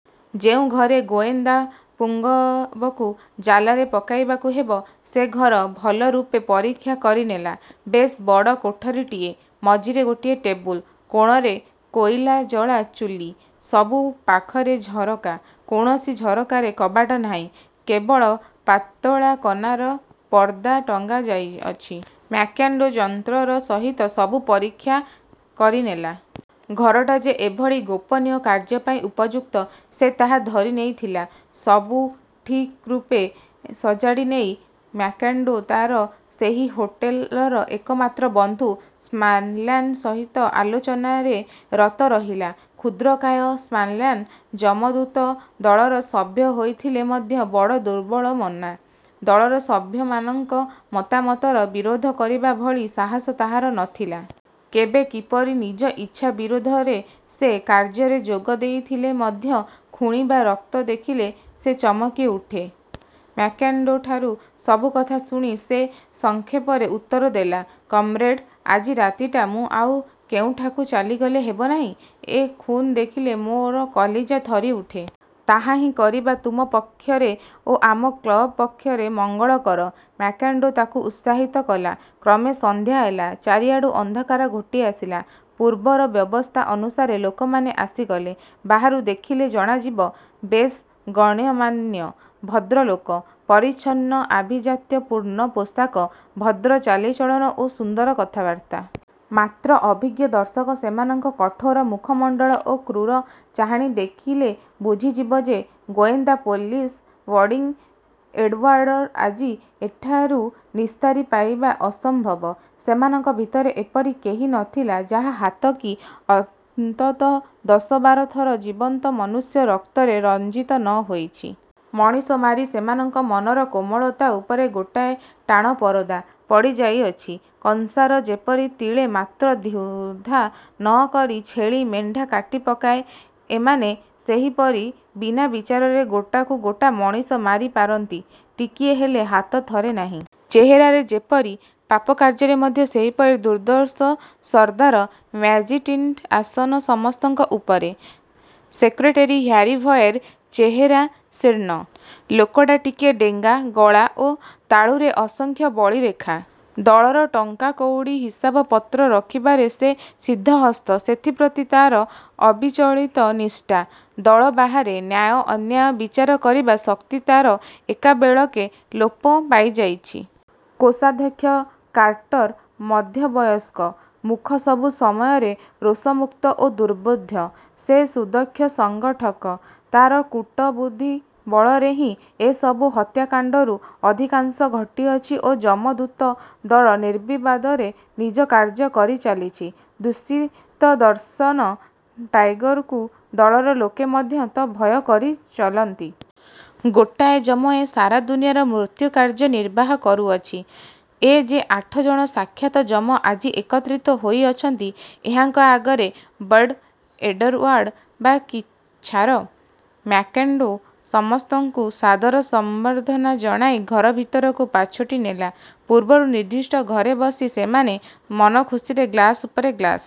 ଯେଉଁ ଘରେ ଗୋଏନ୍ଦାପୁଙ୍ଗବକୁ ଜାଲରେ ପକାଇବାକୁ ହେବ, ସେ ଘର ଭଲରୂପେ ପରୀକ୍ଷା କରିନେଲା-। ବେଶ୍ ବଡ଼ କୋଠରୀଟିଏ; ମଝିରେ ଗୋଟିଏ ଟେବୁଲ, କୋଣରେ କୋଇଲାଜଳା ଚୁଲୀ। ସବୁ ପାଖରେ ଝରକା। କୌଣସି ଝରକାରେ କବାଟ ନାହିଁ; କେବଳ ପାତଳା କନାର ପର୍ଦ୍ଦା ଟଙ୍ଗାଯାଇଅଛି। ମ୍ୟାକ୍ମାର୍ଡ଼ୋ ଯତ୍ନର ସହିତ ସବୁ ପରୀକ୍ଷା କରିନେଲା। ଘରଟା ଯେ ଏଭଳି ଗୋପନୀୟ କାର୍ଯ୍ୟପାଇଁ ଉପଯୁକ୍ତ, ସେ ତାହା ଧରିନେଇଥିଲା। ସବୁ ଠିକ୍ରୂପେ ସଜାଡ଼ିନେଇ ମ୍ୟାକ୍ମାର୍ଡ଼ୋ ତାର ସେହି ହୋଟେଲର ଏକମାତ୍ର ବନ୍ଧୁ ସ୍କାନଲ୍ୟାନ ସହିତ ଆଲୋଚନାରେ ରତ ରହିଲା। କ୍ଷୁଦ୍ରକାୟ ସ୍କାନଲ୍ୟାନ, ଯମଦୂତ ଦଳର ସଭ୍ୟ ହୋଇଥିଲେ ମଧ୍ୟ ବଡ଼ ଦୁର୍ବଳମନା। ଦଳର ସଭ୍ୟମାନଙ୍କ ମତାମତର ବିରୋଧ କରିବା ଭଳି ସାହସ ତାହାର ନ ଥିଲା। କେବେ କିପରି ନିଜ ଇଚ୍ଛା ବିରୋଧରେ ସେ କାର୍ଯ୍ୟରେ ଯୋଗଦେଉଥିଲେ ମଧ୍ୟ ଖୁଣି ବା ରକ୍ତ ଦେଖିଲେ ସେ ଚମକିଉଠେ। ମ୍ୟାକ୍ମାର୍ଡ଼ୋଠାରୁ ସବୁ କଥା ଶୁଣି ସେ ସଂକ୍ଷେପରେ ଉତ୍ତର ଦେଲା, ''କମ୍ରେଡ଼, ଆଜି ରାତିଟା ମୁଁ ଆଉ କେଉଁଠାକୁ ଚାଲିଗଲେ ହେବ ନାହିଁ? ଏ ଖୁଣ୍ ଦେଖିଲେ ମୋ କଲିଜା ଥରିଉଠେ। '' ''ତାହାହିଁ କରିବା ତୁମ ପକ୍ଷରେ ଓ ଆମ କ୍ଳବ ପକ୍ଷରେ ମଙ୍ଗଳକର''–ମ୍ୟାକ୍ମାର୍ଡ଼ୋ ତାକୁ ଉତ୍ସାହିତ କଲା। କ୍ରମେ ସନ୍ଧ୍ୟା ହେଲା। ଚାରିଆଡ଼ୁ ଅନ୍ଧକାର ଘୋଟିଆସିଲା। ପୂର୍ବର ବ୍ୟବସ୍ଥା ଅନୁସାରେ ଲୋକମାନେ ଆସିଗଲେ। ବାହାରୁ ଦେଖିଲେ ଜଣାଯିବ, ବେଶ୍ ଗଣ୍ୟମାନ୍ୟ ଭଦ୍ରଲୋକ। ପରିଚ୍ଛନ୍ନ ଆଭିଜାତ୍ୟପୂର୍ଣ୍ଣ ପୋଷାକ; ଭଦ୍ର ଚାଲିଚଳନ ଓ ସୁନ୍ଦର କଥାବାର୍ତ୍ତା। ମାତ୍ର ଅଭିଜ୍ଞ ଦର୍ଶକ ସେମାନଙ୍କ କଠୋର ମୁଖମଣ୍ଡଳ ଓ କ୍ରୂର ଚାହାଣୀ ଦେଖିଲେ ବୁଝିଯିବ ଯେ ଗୋଏନ୍ଦା ପୋଲିସ ବର୍ଡ଼ି ଏଡ଼ଓ୍ୟାର୍ଡ଼ର ଆଜି ଏଠାରୁ ନିସ୍ତାରି ପାଇବା ଅସମ୍ଭବ। ସେମାନଙ୍କ ଭିତରେ ଏପରି କେହି ନ ଥିଲା, ଯାହା ହାତ କି ଅନ୍ତତଃ ଦଶବାର ଥର ଜୀବନ୍ତ ମନୁଷ୍ୟ ରକ୍ତରେ ରଞ୍ଜିତ ନ ହୋଇଛି। ମଣିଷ ମାରି ସେମାନଙ୍କ ମନର କୋମଳତା ଉପରେ ଗୋଟାଏ ଟାଣ ପରଦା। ପଡ଼ିଯାଇଅଛି। କଂସାଇ ଯେପରି ତିଳେ ମାତ୍ର ଦ୍ୱିଧା ନ କରି ଛେଳି, ମେଣ୍ଢା କାଟିପକାଏ, ଏମାନେ ସେହିପରି ବିନା ବିଚାରରେ ଗୋଟାକୁ ଗୋଟା ମଣିଷ ମାରିପାରନ୍ତି, ଟିକିଏ ହେଲେ ହାତ ଥରେ ନାହିଁ। ଚେହେରାରେ ଯେପରି, ପାପକାର୍ଯ୍ୟରେ ମଧ୍ୟ ସେହିପରି ଦୁର୍ଦ୍ଦର୍ଷସର୍ଦ୍ଦାର ମ୍ୟାକ୍ଜିଣ୍ଟି ଆସନ ସମସ୍ତଙ୍କ ଉପରେ। ସେକ୍ରେଟେରୀ ହ୍ୟାରିଭଏର ଚେହେରା ଶୀର୍ଣ୍ଣ। ଲୋକଟା ଟିକିଏ ଡେଙ୍ଗା, ଗଳା ଓ ତାଳୁରେ ଅସଂଖ୍ୟ ବଳିରେଖା। ଦଳର ଟଙ୍କାକଉଡ଼ି ହିସାବପତ୍ର ରଖିବାରେ ସେ ସିଦ୍ଧହସ୍ତ, ସେଥିପ୍ରତି ତାର ଅବିଚଳିତ ନିଷ୍ଠା। ଦଳ ବାହାରେ ନ୍ୟାୟ ଅନ୍ୟାୟ ବିଚାର କରିବା ଶକ୍ତି ତାର ଏକାବେଳକେ ଲୋପ ପାଇଯାଇଛି। କୋଷାଧ୍ୟକ୍ଷ କାର୍ଟାର ମଧ୍ୟବୟସ୍କ। ମୁଖ ସବୁ ସମୟରେ ରୋଷମୁକ୍ତ ଓ ଦୁର୍ବୋଧ୍ୟ। ସେ ସୁଦକ୍ଷ ସଙ୍ଗଠକ। ତାର କୁଟବୁଦ୍ଧି ବଳରେ ହିଁ ଏ ସବୁ ହତ୍ୟାକାଣ୍ଡରୁ ଅଧିକାଂଶ ଘଟିଅଛି ଓ ଯମଦୂତ ଦଳ ନିର୍ବିବାଦରେ ନିଜ କାର୍ଯ୍ୟ କରିଚାଲିଛି। କୁତ୍ସିତଦର୍ଶନ ଟାଇଗରକୁ ଦଳର ଲୋକେ ମଧ୍ୟ ତ ଭୟ କରି ଚଳନ୍ତି। ଗୋଟାଏ ଯମ ଏ ସାରା ଦୁନିଆର ମୃତ୍ୟୁକାର୍ଯ୍ୟ ନିର୍ବାହ କରୁଅଛି। ଏ ଯେ ଆଠ ଜଣ ସାକ୍ଷାତ ଯମ ଆଜି ଏକତ୍ରିତ ହୋଇଅଛନ୍ତି; ଏହାଙ୍କ ଆଗରେ ବର୍ଡ଼ି ଏଡ଼ଉଆର୍ଡ଼ ବା କି ଛାର? ମ୍ୟାକ୍ମାର୍ଡ଼ୋ ସମସ୍ତଙ୍କୁ ସାଦର ସମ୍ବର୍ଦ୍ଧନା ଜଣାଇ ଘର ଭିତରକୁ ପାଛୋଟି ନେଲା। ପୂର୍ବରୁ ନିର୍ଦ୍ଦିଷ୍ଟ ଘରେ ବସି ସେମାନେ ମନଖୁସିରେ ଗ୍ଳାସ ଉପରେ ଗ୍ଳାସ